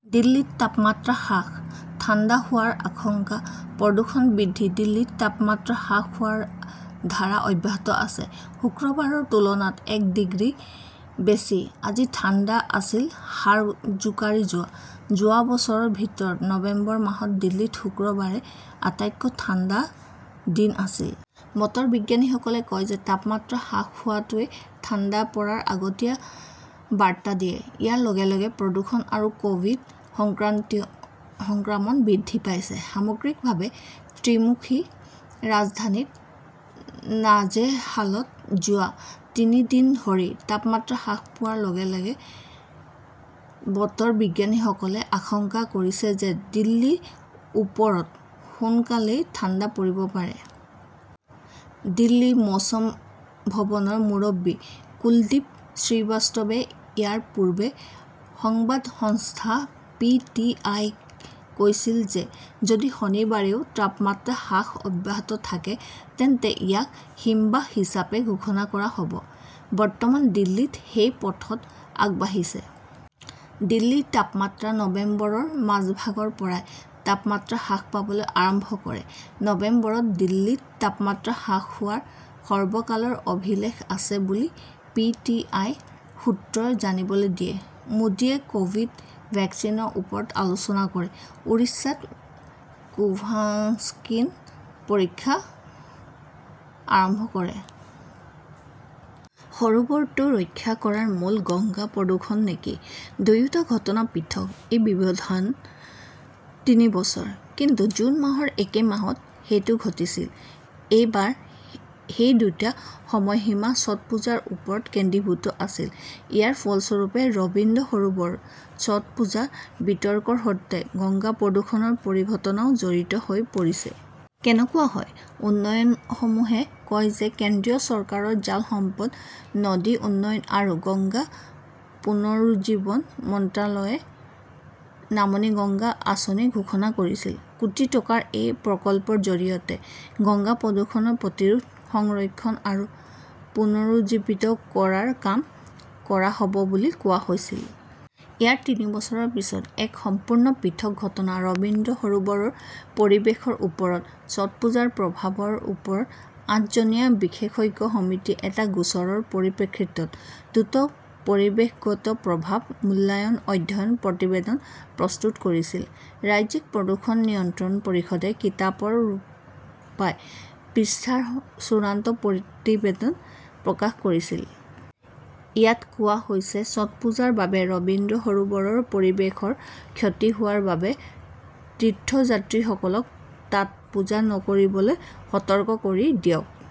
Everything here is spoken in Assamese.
দিল্লীত তাপমাত্ৰা হ্ৰাস, ঠাণ্ডা হোৱাৰ আশংকা, প্ৰদূষণ বৃদ্ধি দিল্লীত তাপমাত্ৰা হ্ৰাস হোৱাৰ ধাৰা অব্যাহত আছে। শুকুৰবাৰৰ তুলনাত এক ডিগ্ৰী বেছি, আজি ঠাণ্ডা আছিল হাড় জোকাৰি যোৱা। যোৱা বছৰৰ ভিতৰত নৱেম্বৰ মাহত দিল্লীত শুকুৰবাৰে আটাইতকৈ ঠাণ্ডা দিন আছিল। বতৰ বিজ্ঞানীসকলে কয় যে তাপমাত্ৰা হ্ৰাস হোৱাটোৱে ঠাণ্ডা পৰাৰ আগতীয়া বাৰ্তা দিয়ে। ইয়াৰ লগে লগে প্ৰদূষণ আৰু কভিড সংক্ৰমণ বৃদ্ধি পাইছে। সামগ্ৰিকভাৱে, ত্ৰিমুখী ৰাজধানীত নাজেহালত যোৱা তিনি দিন ধৰি তাপমাত্ৰা হ্ৰাস পোৱাৰ লগে লগে বতৰ বিজ্ঞানীসকলে আশংকা কৰিছে যে দিল্লীৰ ওপৰত সোনকালেই ঠাণ্ডা পৰিব পাৰে। দিল্লীৰ মৌসম ভৱনৰ মুৰব্বী কুলদ্বীপ শ্ৰীবাস্তৱে ইয়াৰ পূৰ্বে সংবাদ সংস্থা পি. টি. আই. -ক কৈছিল যে যদি শনিবাৰেও তাপমাত্ৰা হ্ৰাস অব্যাহত থাকে তেন্তে ইয়াক হিমবাহ হিচাপে ঘোষণা কৰা হ 'ব। বৰ্তমান দিল্লী সেই পথত আগবাঢ়িছে। দিল্লীৰ তাপমাত্ৰা নৱেম্বৰৰ মাজভাগৰ পৰাই তাপমাত্ৰা হ্ৰাস পাবলৈ আৰম্ভ কৰে। নৱেম্বৰত দিল্লীত তাপমাত্ৰা হ্ৰাস হোৱাৰ সৰ্বকালৰ অভিলেখ আছে বুলি পি. টি. আই. -ৰ সূত্ৰই জানিবলৈ দিয়ে। মোদীয়ে কভিড ভেকচিনৰ ওপৰত আলোচনা কৰে, উৰিষ্যাত কোভাক্সিনৰ পৰীক্ষা আৰম্ভ কৰে। সৰোবৰটো ৰক্ষা কৰাৰ মূল্য গংগা-প্ৰদূষণ নেকি? দুয়োটা ঘটনা পৃথক। এই ব্যৱধান তিনি বছৰ। কিন্তু জুন মাহৰ একে মাহত সেইটো ঘটিছিল। এইবাৰ সেই দুটা সময়সীমা ছটপূজাৰ ওপৰত কেন্দ্ৰীভূত আছিল। ইয়াৰ ফলস্বৰূপে, ৰবীন্দ্ৰ সৰোবৰত ছটপূজা বিতৰ্কৰ সৈতে গংগা প্ৰদূষণৰ পৰিঘটনাও জড়িত হৈ পৰিছে। কেনেকুৱা হয়? উন্নয়নসমূহে কয় যে কেন্দ্ৰীয় চৰকাৰৰ জল সম্পদ, নদী উন্নয়ন আৰু গংগা পুনৰুজ্জীৱন মন্ত্ৰালয়ে 'নমামি গংগা আঁচনি ঘোষণা কৰিছিল।, কোটি টকাৰ এই প্ৰকল্পৰ জৰিয়তে গংগাৰ প্ৰদূষণ প্ৰতিৰোধ, সংৰক্ষণ আৰু পুনৰুজ্জীৱিত কৰাৰ কাম কৰা হব বুলি কোৱা হৈছিল। ইয়াৰ তিনি বছৰৰ পিছত, এক সম্পূৰ্ণ পৃথক ঘটনাত, ৰবীন্দ্ৰ সৰোবৰৰ পৰিৱেশৰ ওপৰত ছটপূজাৰ প্ৰভাৱৰ ওপৰত আঠজনীয়া বিশেষজ্ঞ সমিতিয়ে এটা গোচৰৰ পৰিপ্ৰেক্ষিতত দ্ৰুত 'পৰিৱেশগত প্ৰভাৱ মূল্যায়ন অধ্যয়ন প্ৰতিবেদন' প্ৰস্তুত কৰিছিল। ৰাজ্যিক প্ৰদূষণ নিয়ন্ত্ৰণ পৰিষদে কিতাপৰ ৰূপত প্ৰায় পৃষ্ঠাৰ চূড়ান্ত প্ৰতিবেদন প্ৰকাশ কৰিছিল। ইয়াত কোৱা হৈছে-ছটপূজাৰ বাবে ৰবীন্দ্ৰ সৰোবৰৰ পৰিৱেশৰ ক্ষতি হোৱাৰ বাবে তীৰ্থযাত্ৰীসকলক তাত পূজা নকৰিবলৈ সতৰ্ক কৰি দিয়ক।